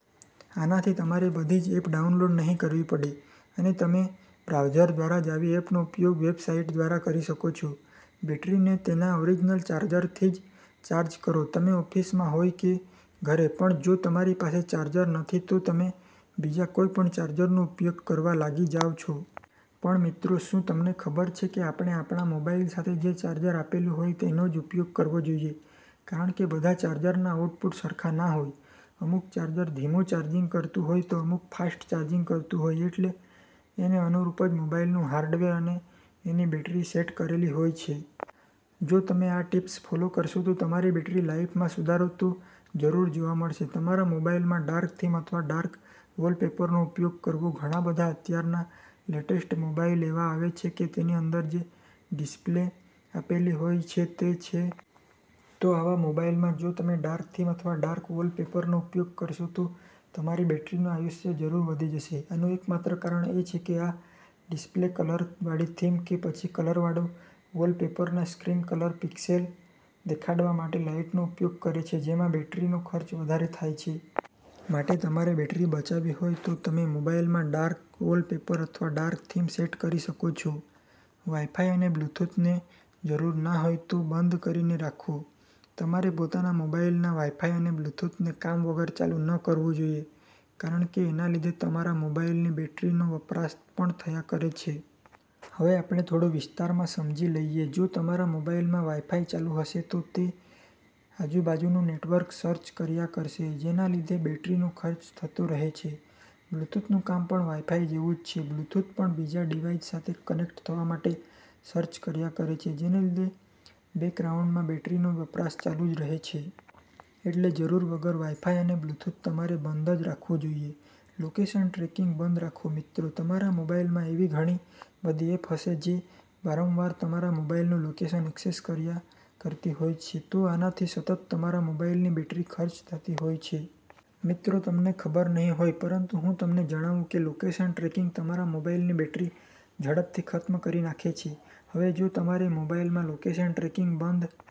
આનાથી તમારે બધી જ એપ ડાઉનલોડ નહીં કરવી પડે અને તમે બ્રાઉઝર દ્વારા જ આવી એપનો ઉપયોગ વેબસાઇટ દ્વારા કરી શકો છો. બેટરીને તેના ઓરિજિનલ ચાર્જરથી જ ચાર્જ કરો તમે ઓફીસમાં હોય કે ઘરે પણ જો તમારી પાસે ચાર્જર નથી તો તમે બીજા કોઈ પણ ચાર્જરનો ઉપયોગ કરવા લાગી જાવ છો. પણ મિત્રો શુ તમને ખબર છે કે આપણે આપણા મોબાઈલ સાથે જે ચાર્જર આપેલું હોય તેનો જ ઉપયોગ કરવો જોઈએ કારણ કે બધા ચાર્જરના આઉટપુટ સરખા ના હોય, અમુક ચાર્જર ધીમું ચાર્જિંગ કરતું હોય તો અમુક ફાસ્ટ ચાર્જિંગ કરતું હોય એટલે એને અનુરૂપ જ મોબાઈલનું હાર્ડવેર અને એની બેટરી સેટ કરેલી હોય છે. જો તમે આ ટિપ્સ ફોલો કરશો તો તમારી બેટરી લાઈફમાં સુધારો તો જરૂર જોવા મળશે. તમારા મોબાઈલમાં ડાર્ક થીમ અથવા ડાર્ક વોલપેપરનો ઉપયોગ કરવો ઘણા બધા અત્યારના લેટેસ્ટ મોબાઈલ એવા આવે છે કે તેની અંદર જે ડિસ્પ્લે આપેલી હોય છે તે છે. તો આવા મોબાઈલમાં જો તમે ડાર્ક થીમ અથવા ડાર્ક વોલપેપરનો ઉપયોગ કરશો તો તમારી બેટરીનું આયુષ્ય જરૂર વધી જશે. આનું એક માત્ર કારણ એ છે કે આ ડિસ્પ્લે કલર વાળી થીમ કે પછી કલર વાળું વોલપેપરના સ્ક્રીન કલર પિક્સેલ દેખાડવા માટે લાઈટનો ઉપયોગ કરે છે જેમાં બેટરીનો ખર્ચ વધારે થાય છે. માટે તમારે બેટરી બચાવી હોય તો તમે મોબાઇલમાં ડાર્ક વોલપેપર અથવા ડાર્ક થીમ સેટ કરી શકો છો. વાઈફાઈ અને બ્લૂટૂથને જરૂર ના હોય તો બંધ કરી ને રાખો તમારે પોતાના મોબાઇલના વાઈફાઈ અને બ્લૂટૂથને કામ વગર ચાલુ ન કરવું જોઈએ કારણ કે એના લીધે તમારા મોબાઈલની બેટરીનો વપરાશ પણ થયા કરે છે. હવે આપણે થોડું વિસ્તારમાં સમજી લઈએ, જો તમારા મોબાઈલમાં વાઈફાઈ ચાલુ હશે તો તે આજુ બાજુનું નેટવર્ક સર્ચ કર્યા કરશે જેના લીધે બેટરીનો ખર્ચ થતો રહે છે. બ્લ્યુટૂથનું કામ પણ વાઈફાઈ જેવું જ છે બ્લ્યુટૂથ પણ બીજા ડીવાઈસ સાથે કનેક્ટ થવા માટે સર્ચ કર્યા કરે છે જેને લીધે બૅકગ્રાઉન્ડમાં બેટરીનો વપરાશ ચાલુ જ રહે છે. એટલે જરૂર વગર વાઈફાઈ અને બ્લટૂથ તમારે બંધ જ રાખવું જોઈએ. લોકેશન ટ્રેકિંગ બંધ રાખો મિત્રો તમારા મોબાઈલમાં એવી ઘણી બધી એપ હશે જે વારંવાર તમારા મોબાઈલનું લોકેશન ઍક્સેસ કર્યા કરતી હોય છે તો આનાથી સતત તમારા મોબાઈલની બેટરી ખર્ચ થતી હોય છે. મિત્રો તમને ખબર નહિ હોય પરંતુ હું તમને જણાવું કે લોકેશન ટ્રેકિંગ તમારા મોબાઈલની બેટરી ઝડપથી ખત્મ કરી નાખે છે. હવે જો તમારે તમારા મોબાઈલમાં લોકેશન ટ્રેકિંગ બંધ